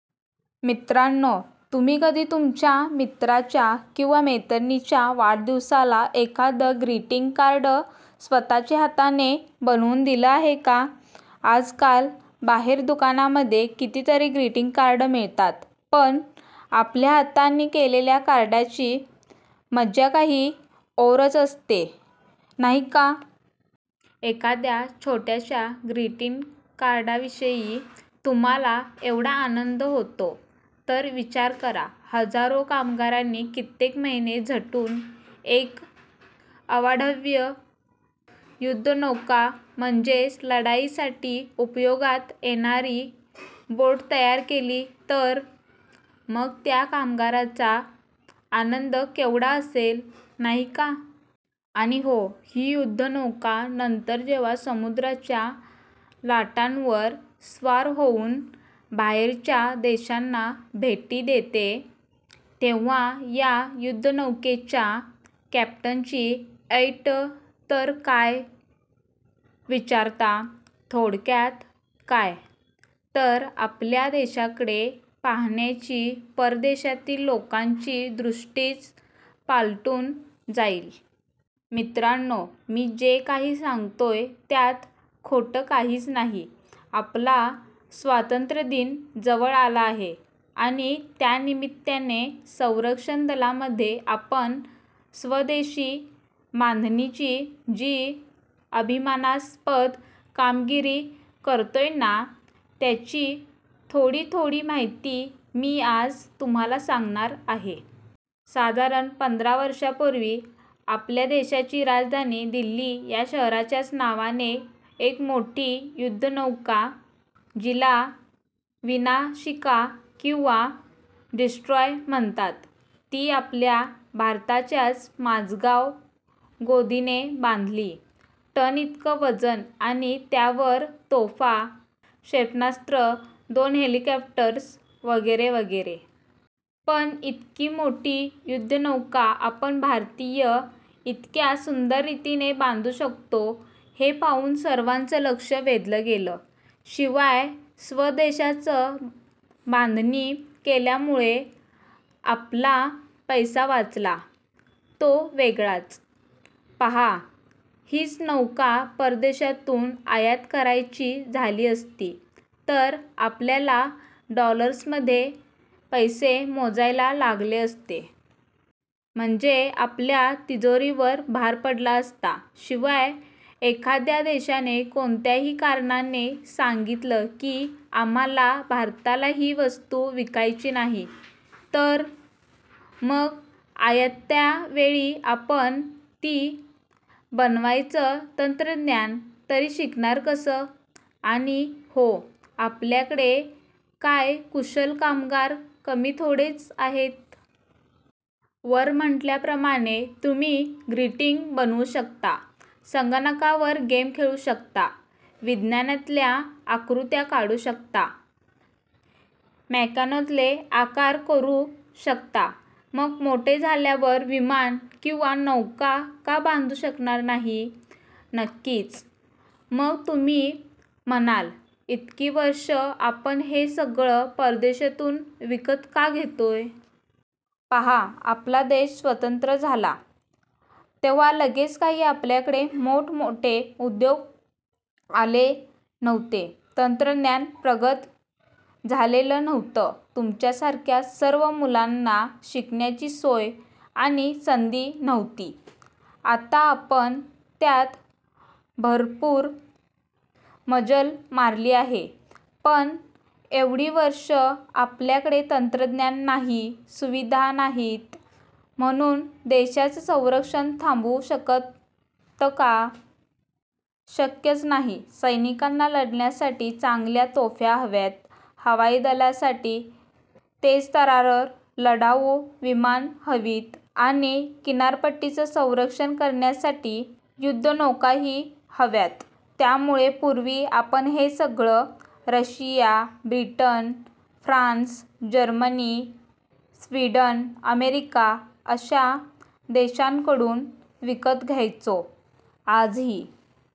मित्रांनो, तुम्ही कधी तुमच्या मित्राच्या किंवा मैत्रिणीच्या वाढदिवसाला एखादं ग्रीटिंग कार्ड स्वतःच्या हाताने बनवून दिलं आहे का? आजकाल बाहेर दुकानांमध्ये कितीतरी ग्रीटिंग कार्ड मिळतात. पण आपल्या हातांनी केलेल्या कार्डाची मजा काही औरच असते, नाही का? एखाद्या छोट्याशा ग्रीटिंग कार्डाविषयी तुम्हाला एवढा आनंद होतो, तर विचार करा, हजारो कामगारांनी कित्येक महिने झटून एक अवाढव्य युद्धनौका म्हणजेच लढाईसाठी उपयोगात येणारी बोट तयार केली तर? मग त्या कामगारांचा आनंद केवढा असेल, नाही का? आणि हो, ही युद्धनौका नंतर जेव्हा समुद्राच्या लाटांवर स्वार होऊन बाहेरच्या देशांना भेटी देते, तेव्हा या युद्धनौकेच्या कॅप्टनची ऐट तर काय विचारता. थोडक्यात काय, तर आपल्या देशाकडे पाहण्याची परदेशातील लोकांची दृष्टीच पालटून जाईल. मित्रांनो, मी जे काही सांगतोय, त्यात खोटं काहीच नाही. आपला स्वातंत्र्यदिन जवळ आला आहे आणि त्यानिमित्ताने संरक्षण दलांमध्ये आपण स्वदेशी बांधणीची जी अभिमानास्पद कामगिरी करतोय ना, त्याची थोडी थोडी माहिती मी आज तुम्हाला सांगणार आहे. साधारण पंधरा वर्षांपूर्वी आपल्या देशाची राजधानी दिल्ली या शहराच्याच नावाने एक मोठी युद्धनौका, जिला विनाशिका किंवा डिस्ट्रॉयर म्हणतात, ती आपल्या भारताच्याच माझगाव गोदीने बांधली. टन इतकं वजन आणि त्यावर तोफा, क्षेपणास्त्र, दोन हेलिकॉप्टर्स वगैरे वगैरे. पण इतकी मोठी युद्धनौका आपण भारतीय इतक्या सुंदर रीतीने बांधू शकतो, हे पाहून सर्वांचं लक्ष वेधलं गेलं. शिवाय स्वदेशातच बांधणी केल्यामुळे आपला पैसा वाचला, तो वेगळाच. पहा, हीच नौका परदेशातून आयात करायची झाली असती, तर आपल्याला डॉलर्समध्ये पैसे मोजायला लागले असते. म्हणजे आपल्या तिजोरीवर भार पडला असता. शिवाय एखाद्या देशाने कोणत्याही कारणाने सांगितलं की आम्हाला भारताला ही वस्तू विकायची नाही, तर? मग आयत्या वेळी आपण ती बनवण्याचं तंत्रज्ञान तरी शिकणार कसं? आणि हो, आपल्याकडे काय कुशल कामगार कमी थोडेच आहेत. वर म्हटल्याप्रमाणे, तुम्ही ग्रीटिंग बनवू शकता, संगणकावर गेम खेळू शकता, विज्ञानातल्या आकृत्या काढू शकता, मेकॅनोतले आकार करू शकता, मग मोठे झाल्यावर विमानं किंवा नौका का बांधू शकणार नाही? नक्कीच. मग तुम्ही म्हणाल, इतकी वर्षं आपण हे सगळं परदेशातून विकत का घेतोय? पहा, आपला देश स्वतंत्र झाला, तेव्हा लगेच काही आपल्याकडे मोठमोठे उद्योग आले नव्हते, तंत्रज्ञान प्रगत झालेलं नव्हतं, तुमच्यासारख्या सर्व मुलांना शिक्षणाची सोय आणि संधी नव्हती. आता आपण त्यात भरपूर मजल मारली आहे. पण एवढी वर्षं आपल्याकडे तंत्रज्ञान नाही, सुविधा नाहीत, म्हणून देशाचं संरक्षण थांबू शकतं का? शक्यच नाही. सैनिकांना लढण्यासाठी चांगल्या तोफा हव्यात, हवाई दलासाठी तेजतर्रार लढाऊ विमानं हवीत आणि किनारपट्टीचं रक्षण करण्यासाठी युद्धनौकाही हव्यात. त्यामुळे पूर्वी आपण हे सगळं Russia, Britain, France, Germany, Sweden, America अशा देशांकडून विकत घ्यायचो. आजही